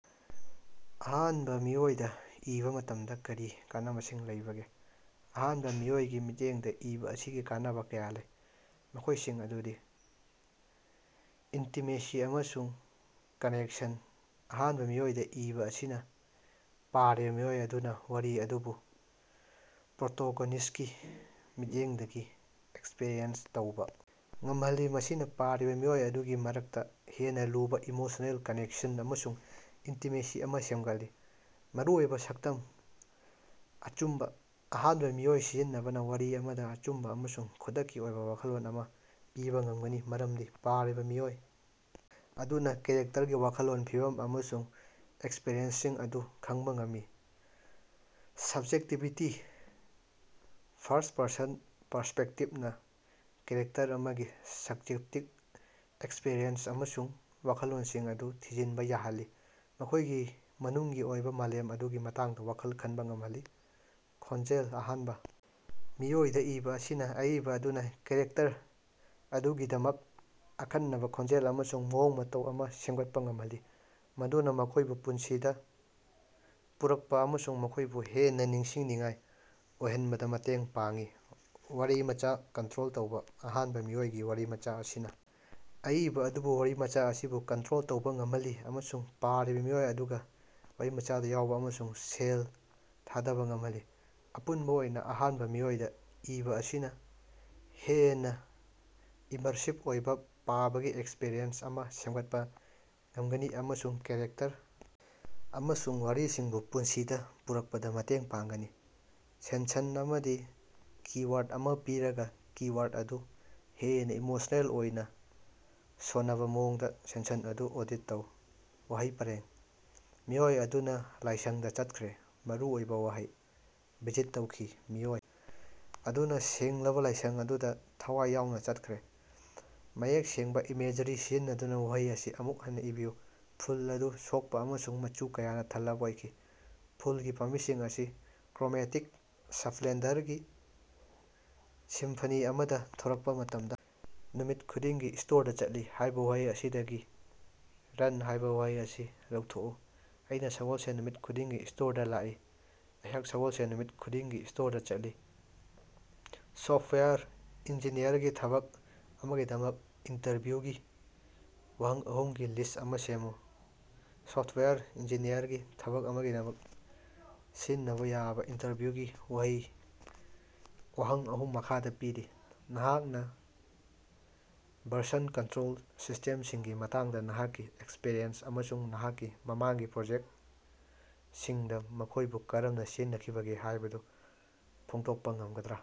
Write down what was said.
ꯑꯍꯥꯟꯕ ꯃꯤꯑꯣꯏꯗ ꯏꯕ ꯃꯇꯝꯗ ꯀꯔꯤ ꯀꯥꯟꯅꯕꯁꯤꯡ ꯂꯩꯕꯒꯦ? ꯑꯍꯥꯟꯕꯥ ꯃꯤꯑꯣꯏꯒꯤ ꯃꯤꯠꯌꯦꯡꯗ ꯏꯕ ꯑꯁꯤꯒꯤ ꯀꯥꯟꯅꯕ ꯀꯌꯥ ꯂꯩ, ꯃꯈꯣꯏꯁꯤꯡ ꯑꯗꯨꯗꯤ: ꯏꯟꯇꯤꯃꯦꯁꯤ ꯑꯃꯁꯨꯡ ꯀꯅꯦꯛꯁꯟ: ꯑꯍꯥꯟꯕ ꯃꯤꯑꯣꯏꯗ ꯏꯕ ꯑꯁꯤꯅ ꯄꯥꯔꯤꯕ ꯃꯤꯑꯣꯏ ꯑꯗꯨꯅ ꯋꯥꯔꯤ ꯑꯗꯨꯕꯨ ꯄ꯭ꯔꯣꯇꯣꯒꯣꯅꯤꯁꯠꯀꯤ ꯃꯤꯠꯌꯦꯡꯗꯒꯤ ꯑꯦꯛꯁꯄꯔꯤꯑꯦꯟꯁ ꯇꯧꯕ ꯉꯝꯍꯜꯂꯤ, ꯃꯁꯤꯅ ꯄꯥꯔꯤꯕ ꯃꯤꯑꯣꯏ ꯑꯗꯨꯒꯤ ꯃꯔꯛꯇ ꯍꯦꯟꯅ ꯂꯨꯕ ꯏꯃꯣꯁꯅꯦꯜ ꯀꯅꯦꯛꯁꯟ ꯑꯃꯁꯨꯡ ꯏꯟꯇꯤꯃꯦꯁꯤ ꯑꯃ ꯁꯦꯝꯒꯠꯂꯤ꯫ ꯃꯔꯨꯑꯣꯏꯕ ꯁꯛꯇꯝ꯫ ꯑꯆꯨꯝꯕ: ꯑꯍꯥꯟꯕ ꯃꯤꯑꯣꯏ ꯁꯤꯖꯤꯟꯅꯕꯅ ꯋꯥꯔꯤ ꯑꯃꯗ ꯑꯆꯨꯝꯕ ꯑꯃꯁꯨꯡ ꯈꯨꯗꯛꯀꯤ ꯑꯣꯏꯕ ꯋꯥꯈꯜꯂꯣꯟ ꯑꯃ ꯄꯤꯕ ꯉꯝꯒꯅꯤ ꯃꯔꯝꯗꯤ ꯄꯥꯔꯤꯕ ꯃꯤꯑꯣꯏ ꯑꯗꯨꯅ ꯀꯦꯔꯦꯛꯇꯔꯒꯤ ꯋꯥꯈꯜꯂꯣꯟ, ꯐꯤꯚꯝ ꯑꯃꯁꯨꯡ ꯑꯦꯛꯁꯄꯔꯤꯌꯦꯟꯁꯁꯤꯡ ꯑꯗꯨ ꯈꯪꯕ ꯉꯝꯏ꯫ ꯁꯕꯖꯦꯛꯇꯤꯕꯤꯇꯤ: ꯐꯥꯔꯁ꯭ꯠ-ꯄꯔꯁꯟ ꯄꯔꯁꯄꯦꯛꯇꯤꯚꯅ ꯀꯦꯔꯦꯛꯇꯔ ꯑꯃꯒꯤ ꯁꯕꯖꯦꯛꯇꯤꯚ ꯑꯦꯛꯁꯄꯔꯤꯑꯦꯟꯁ ꯑꯃꯁꯨꯡ ꯋꯥꯈꯜꯂꯣꯟꯁꯤꯡ ꯑꯗꯨ ꯊꯤꯖꯤꯟꯕ ꯌꯥꯍꯜꯂꯤ, ꯃꯈꯣꯢꯒꯤ ꯃꯅꯨꯡꯒꯤ ꯑꯣꯏꯕ ꯃꯥꯂꯦꯝ ꯑꯗꯨꯒꯤ ꯃꯇꯥꯡꯗ ꯋꯥꯈꯜ ꯈꯟꯕ ꯉꯝꯍꯜꯂꯤ ꯫ ꯈꯣꯟꯖꯦꯜ: ꯑꯍꯥꯟꯕ ꯃꯤꯑꯣꯏꯗ ꯏꯕ ꯑꯁꯤꯅ ꯑꯏꯕ ꯑꯗꯨꯅ ꯀꯦꯔꯦꯛꯇꯔ ꯑꯗꯨꯒꯤꯗꯃꯛ ꯑꯈꯟꯅꯕ ꯈꯣꯟꯖꯦꯜ ꯑꯃꯁꯨꯡ ꯃꯑꯣꯡ ꯃꯇꯧ ꯑꯃ ꯁꯦꯝꯒꯠꯄ ꯉꯝꯍꯜꯂꯤ, ꯃꯗꯨꯅ ꯃꯈꯣꯏꯕꯨ ꯄꯨꯟꯁꯤꯗ ꯄꯨꯔꯛꯄ ꯑꯃꯁꯨꯡ ꯃꯈꯣꯏꯕꯨ ꯍꯦꯟꯅ ꯅꯤꯡꯁꯤꯡꯅꯤꯡꯉꯥꯏ ꯑꯣꯏꯍꯟꯕꯗ ꯃꯇꯦꯡ ꯄꯥꯡꯏ꯫ ꯋꯥꯔꯤꯃꯆꯥ ꯀꯟꯇ꯭ꯔꯣꯜ ꯇꯧꯕ: ꯑꯍꯥꯟꯕ ꯃꯤꯑꯣꯏꯒꯤ ꯋꯥꯔꯤꯃꯆꯥ ꯑꯁꯤꯅ ꯑꯏꯕ ꯑꯗꯨꯕꯨ ꯋꯥꯔꯤꯃꯆꯥ ꯑꯁꯤꯕꯨ ꯀꯟꯇ꯭ꯔꯣꯜ ꯇꯧꯕ ꯉꯝꯍꯜꯂꯤ ꯑꯃꯁꯨꯡ ꯄꯥꯔꯤꯕ ꯃꯤꯑꯣꯏ ꯑꯗꯨꯒ ꯋꯥꯔꯤꯃꯆꯥꯗ ꯌꯥꯎꯕ ꯑꯃꯁꯨꯡ ꯁꯦꯜ ꯊꯥꯗꯕ ꯉꯝꯍꯜꯂꯤ꯫ ꯑꯄꯨꯟꯕ ꯑꯣꯏꯅ ꯑꯍꯥꯟꯕ ꯃꯤꯑꯣꯏꯗ ꯏꯕ ꯑꯁꯤꯅ ꯍꯦꯟꯅ ꯏꯃꯔꯁꯤꯚ ꯑꯣꯏꯕ ꯄꯥꯕꯒꯤ ꯑꯦꯛꯁꯄꯔꯤꯌꯦꯟꯁ ꯑꯃ ꯁꯦꯝꯒꯠꯄ ꯉꯝꯒꯅꯤ ꯑꯃꯁꯨꯡ ꯀꯦꯔꯦꯛꯇꯔ ꯑꯃꯁꯨꯡ ꯋꯥꯔꯤꯁꯤꯡꯕꯨ ꯄꯨꯟꯁꯤꯗ ꯄꯨꯔꯛꯄꯗ ꯃꯇꯦꯡ ꯄꯥꯡꯒꯅꯤ꯫ ꯁꯦꯟꯁꯟ ꯑꯃꯗꯤ ꯀꯤ-ꯋꯥꯔꯗ ꯑꯃ ꯄꯤꯔꯒ, ꯀꯤ-ꯋꯥꯔꯗ ꯑꯗꯨ ꯍꯦꯟꯅ ꯏꯃꯣꯁꯅꯦꯜ ꯑꯣꯏꯅ ꯁꯣꯅꯕ ꯃꯑꯣꯡꯗ ꯁꯦꯟꯁꯟ ꯑꯗꯨ ꯑꯦꯗꯤꯠ ꯇꯧ꯫ ꯋꯥꯍꯩ ꯄꯔꯦꯡ: ꯃꯤꯑꯣꯏ ꯑꯗꯨꯅ ꯂꯥꯏꯁꯪꯗ ꯆꯠꯈ꯭ꯔꯦ꯫ ꯃꯔꯨꯑꯣꯏꯕ ꯋꯥꯍꯩ: ꯚꯤꯖꯤꯠ ꯇꯧꯈꯤ꯫ ꯃꯤꯑꯣꯏ ꯑꯗꯨꯅ ꯁꯦꯡꯂꯕ ꯂꯥꯏꯁꯪ ꯑꯗꯨꯗ ꯊꯋꯥꯏ ꯌꯥꯎꯅ ꯆꯠꯈ꯭ꯔꯦ꯫ ꯃꯌꯦꯛ ꯁꯦꯡꯕ ꯏꯃꯦꯖꯔꯤ ꯁꯤꯖꯤꯟꯅꯗꯨꯅ ꯋꯥꯍꯩ ꯑꯁꯤ ꯑꯃꯨꯛ ꯍꯟꯅ ꯏꯕꯤꯌꯨ꯫ ꯐꯨꯜ ꯑꯗꯨ ꯁꯣꯛꯄ ꯑꯃꯁꯨꯡ ꯃꯆꯨ ꯀꯌꯥꯅ ꯊꯜꯂꯕ ꯑꯣꯏꯈꯤ꯫ ꯐꯨꯜꯒꯤ ꯄꯥꯝꯕꯤꯁꯤꯡ ꯑꯁꯤ ꯀ꯭ꯔꯣꯃꯦꯇꯤꯛ ꯁꯞꯂꯦꯟꯗꯔꯒꯤ ꯁꯤꯝꯐꯅꯤ ꯑꯃꯗ ꯊꯣꯔꯛꯄ ꯃꯇꯝꯗ ꯅꯨꯃꯤꯠ ꯈꯨꯗꯤꯡꯒꯤ ꯁ꯭ꯇꯣꯔꯗ ꯆꯠꯂꯤ" ꯍꯥꯏꯕ ꯋꯥꯍꯩ ꯑꯁꯤꯗꯒꯤ 'ꯔꯟ' ꯍꯥꯏꯕ ꯋꯥꯍꯩ ꯑꯁꯤ ꯂꯧꯊꯣꯛꯎ ꯫ ꯑꯩꯅ ꯁꯒꯣꯜꯁꯦꯟ ꯅꯨꯃꯤꯠ ꯈꯨꯗꯤꯡꯒꯤ ꯁ꯭ꯇꯣꯔꯗ ꯂꯥꯛꯏ꯫ ꯑꯩꯍꯥꯛ ꯁꯒꯣꯜꯁꯦꯟ ꯅꯨꯃꯤꯠ ꯈꯨꯗꯤꯡꯒꯤ ꯁ꯭ꯇꯣꯔꯗ ꯆꯠꯂꯤ꯫ ꯁꯣꯐꯇꯋꯥꯌꯔ ꯏꯟꯖꯤꯅꯤꯌꯔꯒꯤ ꯊꯕꯛ ꯑꯃꯒꯤꯗꯃꯛ ꯏꯟꯇꯔꯚꯤꯎꯒꯤ ꯋꯥꯍꯪ ꯑꯍꯨꯝꯒꯤ ꯂꯤꯁ꯭ꯠ ꯑꯃ ꯁꯦꯝꯃꯨ꯫ ꯁꯣꯐꯇꯋꯥꯌꯔ ꯏꯟꯖꯤꯅꯤꯌꯔꯒꯤ ꯊꯕꯛ ꯑꯃꯒꯤꯗꯃꯛ ꯁꯤꯖꯤꯟꯅꯕ ꯌꯥꯕ ꯏꯟꯇꯔꯚ꯭ꯌꯨꯒꯤ ꯋꯥꯍꯪ ꯑꯍꯨꯝ ꯃꯈꯥꯗ ꯄꯤꯔꯤ: ꯅꯍꯥꯛꯅ ꯚꯔꯁꯟ ꯀꯟꯇ꯭ꯔꯣꯜ ꯁꯤꯁꯇꯦꯝꯁꯤꯡꯒꯤ ꯃꯇꯥꯡꯗ ꯅꯍꯥꯛꯀꯤ ꯑꯦꯛꯁꯄꯔꯤꯌꯦꯟꯁ ꯑꯃꯁꯨꯡ ꯅꯍꯥꯛꯀꯤ ꯃꯃꯥꯡꯒꯤ ꯄ꯭ꯔꯣꯖꯦꯛꯇꯁꯤꯡꯗ ꯃꯈꯣꯏꯕꯨ ꯀꯔꯝꯅ ꯁꯤꯖꯤꯟꯅꯈꯤꯕꯒꯦ ꯍꯥꯏꯕꯗꯨ ꯐꯣꯡꯗꯣꯛꯄ ꯉꯝꯒꯗ꯭ꯔꯥ?